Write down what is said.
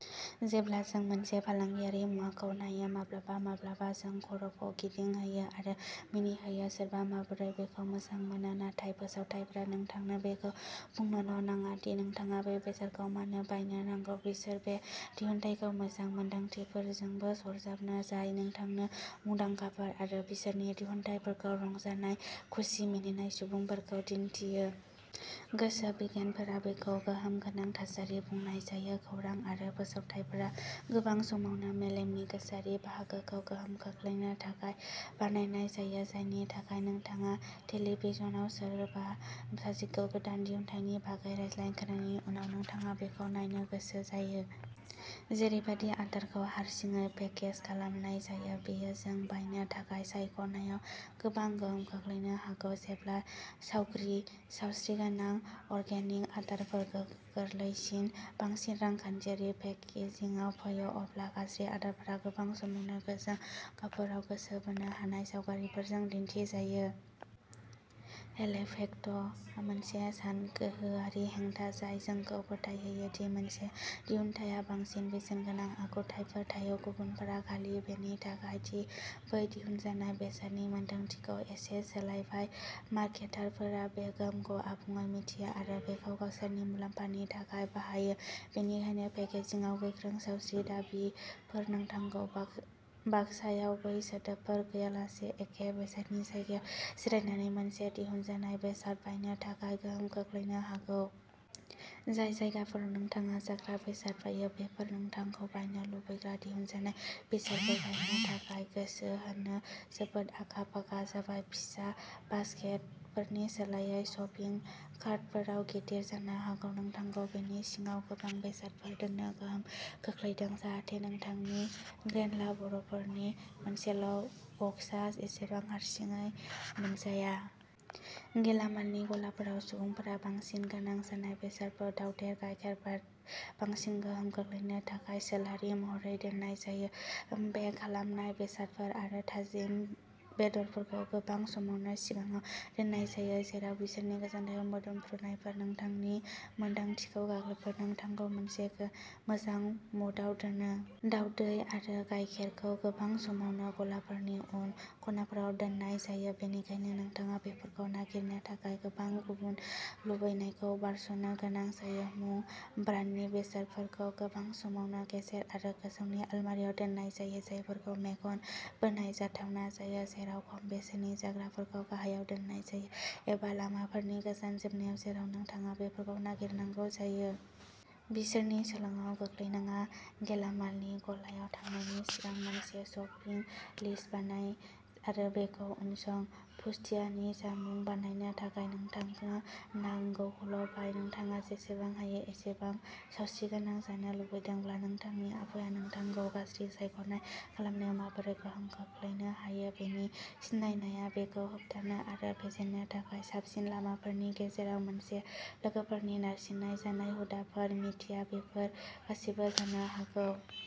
जेब्ला जों मोनसे फालांगियारि मुवाखौ नायो, माब्लाबा माब्लाबा जों खर'खौ गिदिं होयो आरो मिनिहोयो सोरबा माबोरै बेखौ मोजां मोनो? नाथाय फोसावथायफोरा नोंथांनो बेखौ बुंनोल' नङा दि नोंथाङा बे बेसादखौ मानो बायनो नांगौ। बिसोर बे दिहुनथायखौ मोजां मोनदांथिफोरजोंबो सरजाबो, जाय नोंथांनो मुंदांखाफोर आरो बिसोरनि दिहुनथाइफोरखौ रंजानाय खुसि, मिनिनाय सुबुंफोरखौ दिन्थियो। गोसो बिगियानगिरिफोरा बेखौ गोहोम गोनां थासारि बुंनाय जायो। खौरां आरो फोसावथाइफोरा गोबां समावनो मेलेमनि गोसोआरि बाहागोखौ गोहोम खोख्लैनो थाखाय बानायनाय जायो, जायनि थाखाय नोंथाङा टेलिभिजनआव सोरबा सासेखौ गोदान दिहुनथायनि बागै रायज्लायनाय खोनानायनि उनाव, नोंथाङा बेखौ नायनो गोसो जायो। जेरैबादि आदारखौ हारसिङै पेकेज खालामनाय जायो, बेयो जों बायनो थाखाय सायख'नायाव गोबां गोहोम खोख्लैनो हागौ। जेब्ला सावस्रिगोनां, अर्गेनिक आदारफोरा गोरलैसिन, बांसिन रांखान्थियारि पेकेजिंआव फैयो, अब्ला गाज्रि आदारफोरा गोबां समावनो गोजों गाबफोराव गोसो बोनो हानाय सावगारिफोरजों दिन्थिजायो। हेल'इफेक्टआ मोनसे सानगोहोआरि हेंथा, जाय जोंखौ फोथायहोयो दि मोनसे दिहुनथाइहा बांसिन बेसेनगोनां आखुथायफोर थायो। गुबुनफोरा खालि बेनि थाखाय दि बै दिहुनजानाय बेसादनि मोनदांथिखौ एसे सोलायबाय। मार्केटारफोरा बे गोहोमखौ आबुङै मिथियो आरो बेखौ गावसोरनि मुलाम्फानि थाखाय बाहायो बेनिखायनो पेकेजिंआव गोख्रों सावस्रि दाबिफोरा नोंथांखौ बाक्सायाव बै सोदोबफोर गैयालासे एखे बेसादनि जायगायाव जिरायनानै मोनसे दिहुनजानाय बेसाद बायनो थाखाय गोहोम खोख्लैनो हागौ। जाय जायगाफोराव नोंथाङा जाग्रा बेसाद बायो, बेफोर नोंथांखौ बायनो लुबैग्रा दिहुनजानाय बेसादफोर बायनो थाखाय गोसो होनो जोबोद आखा-फाखा जाबाय। फिसा बासकेटफोरनि सोलायै, शपिं कार्टफोरा गिदिर, जानो हागौ नोंथांखौ बेनि सिङाव गोबां बेसादफोर दोननो गोहोम खोख्लैदों जाहाथे नोंथांनि ग्रेन'ला बारफोरनि मोनसेल'बक्सआ एसेबां हारसिङै मोनजाया। गेलामालनि गलाफोराव सुबुंफोरा बांसिन गोनां जानाय बेसादफोर, दावदै, गायखेर, ब्रेड, बांसिन गोहोम खोख्लैनो थाखाय सोलोआरि महरै दोननाय जायो। बेक खालामनाय बेसादफोर आरो थाजिम बेदरफोरखौ गोबां समावनो सिगाङाव दोननाय जायो, जेराव बिसोरनि गोजोनथाव मोदोमफ्रुनायफोरा नोंथांनि मोनदांथिखौ गाग्लोबो, नोंथांखौ मोनसे मोजां मुडआव दोनो। दावदै आरो गायखेरखौ गोबां समावनो गलाफोरनि उन खनाफोराव दोननाय जायो, बेनिखायनो नोंथाङा बेफोरखौ नागिरनो थाखाय गोबां गुबुन लुबैनायखौ बारस'नो गोनां जायो। मुं ब्रान्डनि बेसादफोरखौ गोबां समावनो गेजेर आरो गोजौनि अलमारियाव दोननाय जायो, जायफोरखौ मेगन बोनाय जाथावना जायो, जेराव खम बेसेननि जाग्राफोरखौ गाहायाव दोननाय जायो, एबा लामाफोरनि गोजान जोबनायाव जेराव नोंथाङा बेफोरखौ नागिरनांगौ जायो। बिसोरनि सोलोआव गोग्लैनाङा गेलामालनि गलायाव थांनायनि सिगां, मोनसे शपिं लिस्ट बानाय आरो बेखौ उनसं। पुष्टियारि जामुं बानायनो थाखाय नोंथांनो नांगौखौल'बाय। नोंथाङा जेसेबां हायो एसेबां सावस्रिगोनां जानो लुबैदोंब्ला, नोंथांनि आबहावाया नोंथांखौ गाज्रि सायख'नाय खालामनायाव माबोरै गोहोम खोख्लैनो हायो बेखौ सिनायनाया बेखौ होबथानो आरो फेजेननो थाखाय साबसिन लामाफोरनि गेजेराव मोनसे। लोगोफोरनि नारसिननाय, जानाय हुदाफोर, मिडिया, बेफोर गासैबो जानो हागौ।